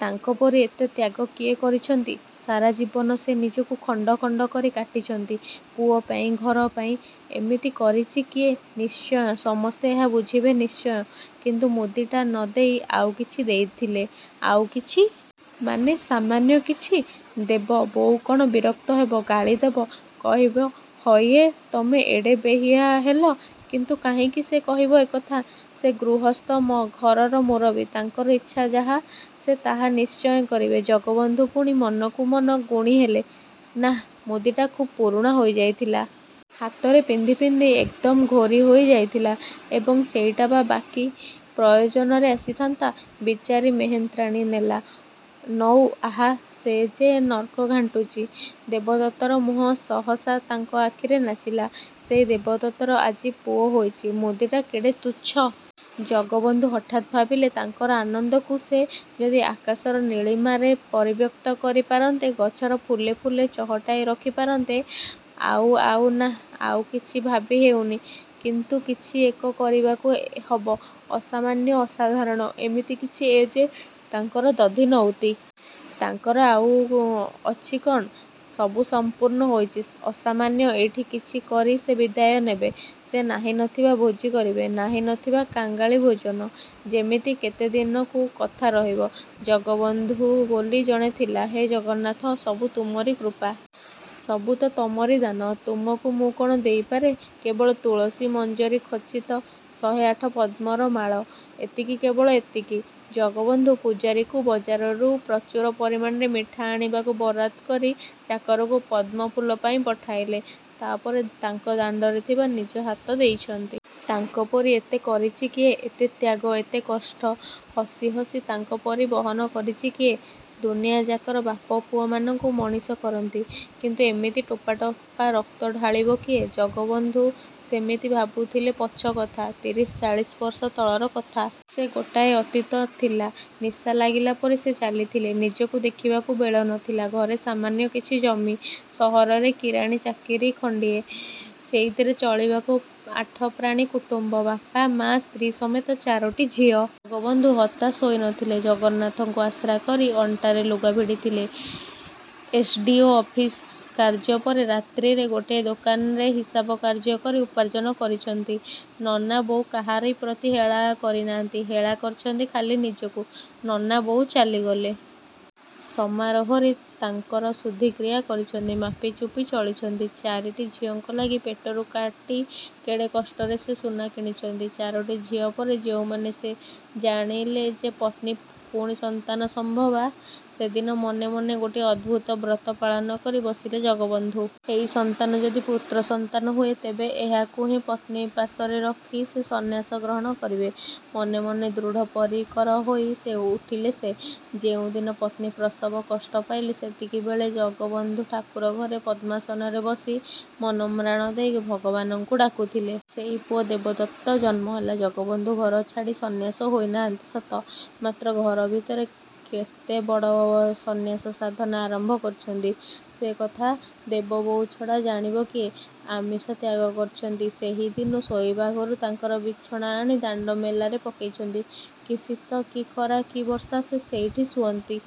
ତାଙ୍କପରି ଏତେ ତ୍ୟାଗ କିଏ କରିଚନ୍ତି? ସାରା ଜୀବନ ସେ ନିଜକୁ ଖଣ୍ଡ ଖଣ୍ଡ କରି କାଟିଚନ୍ତି, ପୁଅ ପାଇଁ, ଘର ପାଇଁ। ଏମିତି କରିଚି କିଏ? ନିଶ୍ଚୟ ସମସ୍ତେ ଏହା ବୁଝିବେ ନିଶ୍ଚୟ। କିନ୍ତୁ ମୁଦିଟା ନ ଦେଇ ଆଉ କିଛି ଦେଇଥିଲେ? ଆଉ କିଛି? ମାନେ ସାମାନ୍ୟ କିଛି? ଦେବ ବୋଉ କ'ଣ ବିରକ୍ତ ହେବ? ଗାଳିଦେବ? କହିବ, "ହଇଏ, ତମେ ଏଡ଼େ ବେହିଆ ହେଲ?" କିନ୍ତୁ କାହିଁକି ସେ କହିବ ଏ କଥା? ସେ ଗୃହସ୍ଥ, ଘରର ମୁରବୀ। ତାଙ୍କର ଇଚ୍ଛା ଯାହା ସେ ତାହା ନିଶ୍ଚୟ କରିବେ। ଜଗବନ୍ଧୁ ପୁଣି ମନକୁ ମନ ଗୁଣିହେଲେ ନାଃ ମୁଦିଟା ଖୁବ୍ ପୁରୁଣା ହୋଇ ଯାଇଥିଲା। ହାତରେ ପିନ୍ଧି ପିନ୍ଧି ଏକଦମ୍ ଘୋରି ହୋଇ ଯାଇଥିଲା, ଏବଂ ସେଇଟା ବା କି ପ୍ରୟୋଜନରେ ଆସିଥାନ୍ତା? ବିଚାରି ମେହେନ୍ତ୍ରାଣୀ ନେଲା, ନଉ ଆହା ସେ ଯେ ନର୍କ ଘାଣ୍ଟୁଚି। ଦେବଦତ୍ତର ମୁହଁ ସହସା ତାଙ୍କ ଆଖିରେ ନାଚିଲା, ସେଇ ଦେବଦତ୍ତର ଆଜି ପୁଅ ହୋଇଚି ମୁଦିଟା କେଡ଼େ ତୁଚ୍ଛ! ଜଗବନ୍ଧୁ ହଠାତ୍ ଭାବିଲେ ତାଙ୍କର ଆନନ୍ଦକୁ ସେ ଯଦି ଆକାଶର ନୀଳିମାରେ ପରିବ୍ୟାପ୍ତ କରି ପାରନ୍ତେ, ଗଛର ଫୁଲେ ଫୁଲେ ଚହଟାଇ ରଖି ପାରନ୍ତେ ଆଉ ଆଉ ନାଃ ଆଉ କିଛି ଭାବି ହେଉନି କିନ୍ତୁ କିଛି ଏକ କରିବାକୁ ହବ ଅସାମାନ୍ୟ ଅସାଧାରଣ ଏମିତି କିଛି ଏ ଯେ ତାଙ୍କର ଦଧିନଉତି। ତାଙ୍କର ଆଉ ଅଛି କଣ? ସବୁ ସମ୍ପୂର୍ଣ୍ଣ ହୋଇଚି। ଅସାମାନ୍ୟ ଏଇଠି କିଛି କରି ସେ ବିଦାୟ ନେବେ। ସେ ନାହିଁ ନଥିବା ଭୋଜି କରିବେ। ନାହିଁ ନଥିବା କାଙ୍ଗାଳି ଭୋଜନ! ଯେମିତି କେତେ ଦିନକୁ କଥା ରହିବ"ଜଗବନ୍ଧୁ ବୋଲି ଜଣେ ଥିଲା" ହେ ଜଗନ୍ନାଥ, ସବୁ ତମରି କୃପା। ସବୁ ତ ତମରି ଦାନ! ତମକୁ ମୁଁ କଣ ଦେଇପାରେ? କେବଳ ତୁଳସୀ ମଞ୍ଜରୀ ଖଚିତ ଶହେ ଆଠ ପଦ୍ମର ମାଳ! ଏତିକି, କେବଳ ଏତିକି। ଜଗବନ୍ଧୁ ପୁଝାରୀକୁ ବଜାରରୁ ପ୍ରଚୁର ପରିମାଣର ମିଠା ଆଣିବାକୁ ବରାଦ କରି, ଚାକରକୁ ପଦ୍ମଫୁଲ ପାଇଁ ପଠାଇଲେ। ତାପରେ ତାଙ୍କ ଦାଣ୍ଡରେ ଥିବା ନିଜ ହାତ ଦେଇଚନ୍ତି। ତାଙ୍କ ପରି ଏତେ କରିଚି କିଏ? ଏତେ ତ୍ୟାଗ, ଏତେ କଷ୍ଟ, ହସି ହସି ତାଙ୍କ ପରି ବହନ କରିଚି କିଏ? ଦୁନିଆଯାକର ବାପା ପୁଅମାନଙ୍କୁ ମଣିଷ କରନ୍ତି। କିନ୍ତୁ ଏମିତି ଟୋପା ଟୋପା ରକ୍ତ ଢାଳିବ କିଏ? ଜଗବନ୍ଧୁ ସେମିତି ଭାବୁଥିଲେ ପଛ କଥା, ତିରିଶ, ଚାଳିଶ ବର୍ଷ ତଳର କଥା। ସେ ଗୋଟାଏ ଅତୀତ ଥିଲା ନିଶା ଲାଗିଲା ପରି ସେ ଚାଲିଥିଲେ। ନିଜକୁ ଦେଖିବାକୁ ବେଳ ନ ଥିଲା। ଘରେ ସାମାନ୍ୟ କିଛି ଜମି, ସହରରେ କିରାଣୀ ଚାକିରୀ ଖଣ୍ଡିଏ। ସେଇଥିରେ ଚଳିବାକୁ ଆଠ ପ୍ରାଣୀ କୁଟୁମ୍ବ ବାପା, ମା, ସ୍ତ୍ରୀ ସମେତ ଚାରୋଟି ଝିଅ। ଜଗବନ୍ଧୁ ହତାଶ ହୋଇ ନ ଥିଲେ, ଜଗନ୍ନାଥଙ୍କୁ ଆଶ୍ରା କରି ଅଣ୍ଟାରେ ଲୁଗା ଭିଡ଼ିଥିଲେ। ଏସଡ଼ିଓ ଅଫିସ କାର୍ଯ୍ୟପରେ ରାତ୍ରିରେ ଗୋଟିଏ ଦୋକାନରେ ହିସାବ କାର୍ଯ୍ୟ କରି ଉପାର୍ଜନ କରିଚନ୍ତି। ନନା ବୋଉ କାହାରି ପ୍ରତି ହେଳା କରିନାହାନ୍ତି, ହେଳା କରିଚନ୍ତି ଖାଲି ନିଜକୁ। ନନା ବୋଉ ଚାଲିଗଲେ। ସମାରୋହରେ ତାଙ୍କର ଶୁଦ୍ଧି କ୍ରିୟା କରିଚନ୍ତି। ମାପି ଚୁପି ଚଳିଚନ୍ତି। ଚାରିଟି ଝିଅଙ୍କ ଲାଗି, ପେଟରୁ କାଟି କେଡ଼େ କଷ୍ଟରେ ସେ ସୁନା କିଣିଚନ୍ତି। ଚାରୋଟି ଝିଅ ପରେ, ଯେଉଁମାନେ ସେ ଜାଣିଲେ ଯେ ପତ୍ନୀ ପୁଣି ସନ୍ତାନ ସମ୍ଭବା, ସେଦିନ ମନେ ମନେ ଗୋଟିଏ ଅଦ୍ଭୁତ ବ୍ରତ ପାଳନ କରି ବସିଲେ ଜଗବନ୍ଧୁ। ଏଇ ସନ୍ତାନ ଯଦି ପୁତ୍ରସନ୍ତାନ ହୁଏ, ତେବେ ଏହାକୁ ହିଁ ପତ୍ନୀ ପାଶରେ ରଖି ସେ ସନ୍ନ୍ୟାସ ଗ୍ରହଣ କରିବେ। ମନେ ମନେ ଦୃଢ଼ପରିକର ହୋଇ ଉଠିଲେ ସେ। ଯେଉଁ ଦିନ ପତ୍ନୀ ପ୍ରସବ କଷ୍ଟ ପାଇଲେ ସେତିକିବେଳେ ଜଗବନ୍ଧୁ ଠାକୁର ଘରେ ପଦ୍ମାସନରେ ବସି ମନପ୍ରାଣ ଦେଇ ଭଗବାନଙ୍କୁ ଡାକୁଥିଲେ। ସେଇ ପୁଅ ଦେବଦତ୍ତ ଜନ୍ମ ହେଲା। ଜଗବନ୍ଧୁ ଘର ଛାଡ଼ି ସନ୍ନ୍ୟାସୀ ହୋଇନାହାନ୍ତି ସତ, ମାତ୍ର ଘର ଭିତରେ କେତେ ବଡ଼ ସନ୍ନ୍ୟାସ-ସାଧନା ଆରମ୍ଭ କରିଚନ୍ତି, ସେ କଥା ଦେବବୋଉ ଛଡ଼ା ଜାଣିବ କିଏ? ଆମିଷ ତ୍ୟାଗ କରିଚନ୍ତି ସେହିଦିନୁ ଶୋଇବା ଘରୁ ତାଙ୍କର ବିଛଣା ଆଣି ଦାଣ୍ଡ ମେଲାରେ ପକାଇଚନ୍ତି! କି ଶୀତ, କି ଖରା, କି ବର୍ଷା ସେ ସେଇଠି ଶୁଅନ୍ତି।